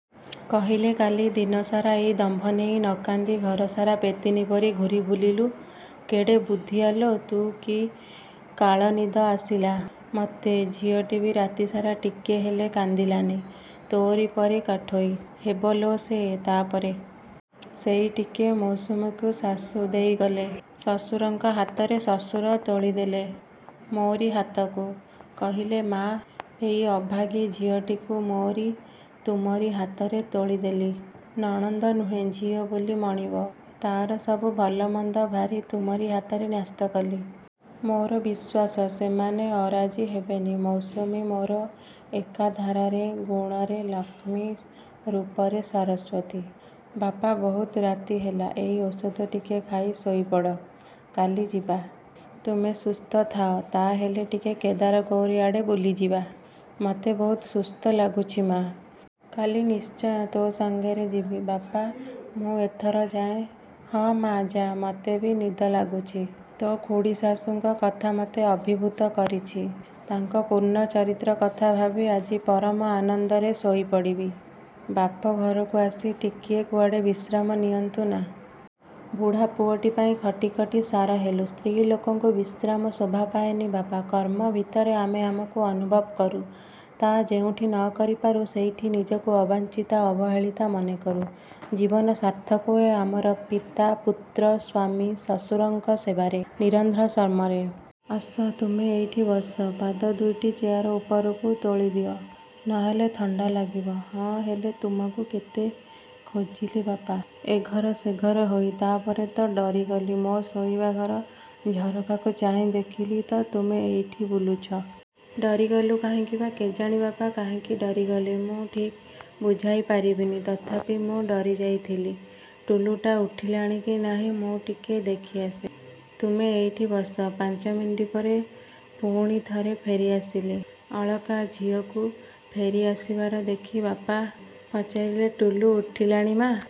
କହିଲେ କାଲି ଦିନସାରା ଏଇ ଦମ୍ଭ ନେଇ ନକାନ୍ଦି ଘରସାରା ପ୍ରେତିନୀ ପରି ଘୂରି ବୁଲିଲୁ? କେଡ଼େ ବୁଦ୍ଧିଆ ଲୋ ତୁ। କି କାଳନିଦ ଆସିଲା ମୋତେ! ଝିଅଟି ବି ରାତିସାରା ଟିକିଏ ହେଲେ କାନ୍ଦିଲାନି! ତୋରି ପରି କାଠୋଇ ହେବ ଲୋ ସେ। ତା'ପରେ, ସେଇ ଟିକ ମୌସୁମୀକୁ ଶାଶୂ ଦେଇଗଲେ ଶଶୁରଙ୍କ ହାତରେ, ଶଶୁର ତୋଳିଦେଲେ ମୋରି ହାତକୁ। କହିଲେ ମାଆ, ଏଇ ଅଭାଗୀ ଝିଅଟିକୁ ମୋରି ତୁମରି ହାତରେ ତୋଳିଦେଲି। ନଣନ୍ଦ ନୁହେଁ ଝିଅ ବୋଲି ମଣିବ। ତା'ର ସବୁ ଭଲମନ୍ଦ ଭାରି ତୁମରି ହାତରେ ନ୍ୟସ୍ତ କଲି। ମୋର ବିଶ୍ୱାସ ସେମାନେ ଅରାଜି ହେବେନି। ମୌସୁମୀ ମୋର ଏକାଧାରରେ ଗୁଣରେ ଲକ୍ଷ୍ମୀ, ରୂପରେ ସରସ୍ୱତୀ। ବାପା ବହୁତ ରାତି ହେଲା। ଏଇ ଔଷଧ ଟିକିଏ ଖାଇ ଶୋଇପଡ଼। କାଲି ଯିବ, ତୁମେ ସୁସ୍ଥ ଥାଅ, ତାହାହେଲେ ଟିକେ କେଦାରଗୌରୀ ଆଡ଼େ ବୁଲିଯିବା। ମୋତେ ବହୁତ ସୁସ୍ଥ ଲାଗୁଛି ମା'। କାଲି ନିଶ୍ଚୟ ତୋ ସାଙ୍ଗରେ ଯିବି। ବାପା, ମୁଁ ଏଥର ଯାଏ?ହଁ ମା', ଯା। ମୋତେ ବି ନିଦ ଲାଗୁଛି। ତୋ ଖୁଡ଼ୀଶାଶୂଙ୍କ କଥା ମୋତେ ଅଭିଭୂତ କରିଛି। ତାଙ୍କର ପୂର୍ଣ୍ଣ ଚରିତ୍ର କଥା ଭାବି ଆଜି ପରମ ଆନନ୍ଦରେ ଶୋଇପଡ଼ିବି। ବାପଘରକୁ ଆସି ଟିକିଏ କୁଆଡ଼େ ବିଶ୍ରାମ ନିଅନ୍ତୁ ନା। ବୁଢ଼ା ପୁଅଟି ପାଇଁ ଖଟି ଖଟି ସାରା ହେଲୁ। ସ୍ତ୍ରୀ ଲୋକଙ୍କୁ ବିଶ୍ରାମ ଶୋଭାପାଏନି ବାପା, କର୍ମ ଭିତରେ ଆମେ ଆମକୁ ଅନୁଭବ କରୁ। ତା ଯେଉଁଠି ନ କରିପାରୁ, ସେଠି ନିଜକୁ ଅବାଞ୍ଛିତା, ଅବହେଳିତା ମନେକରୁ। ଜୀବନ ସାର୍ଥକ ହୁଏ ଆମର ପିତା, ପୁତ୍ର, ସ୍ୱାମୀ, ଶ୍ୱଶୁରଙ୍କ ସେବାରେ, ନିରନ୍ଧ୍ର ଶ୍ରମରେ। ଆସ ତୁମେ ଏଇଠି ବସ। ପାଦ ଦୁଇଟି ଚେୟାର ଉପରକୁ ତୋଳିଦିଅ, ନହେଲେ ଥଣ୍ଡା ଲାଗିବ। ହଁ ହେଲା, ତୁମକୁ କେତେ ଖୋଜିଲି ବାପା, ଏଘର ସେଘର ହୋଇ, ତା'ପରେ ତ ଡରିଗଲି। ମୋ ଶୋଇବା ଘର ଝରକାରୁ ଚାହିଁ ଦେଖେ ତ ତୁମେ ଏଇଠି ବୁଲୁଛ। ଡରିଗଲୁ କାହିଁକି ବା? କେଜାଣି ବାପା କାହିଁକି ଡରିଗଲି ମୁଁ ଠିକ୍ ବୁଝାଇପାରିବିନି। ତଥାପି ମୁଁ ଡରିଯାଇଥିଲି। ଟୁଲୁଟା ଉଠିଲାଣି କି ନାହିଁ ମୁଁ ଟିକେ ଦେଖିଆସେ। ତୁମେ ଏଇଠି ବସ। ପାଞ୍ଚ ମିନିଟ୍ ପରେ ପୁଣି ଥରେ ଫେରିଆସିଲେ ଅଳକା। ଝିଅକୁ ଫେରିଆସିବାର ଦେଖି ବାପା ପଚାରିଲେ ଟୁଲୁ ଉଠିଲାଣି ମାଆ?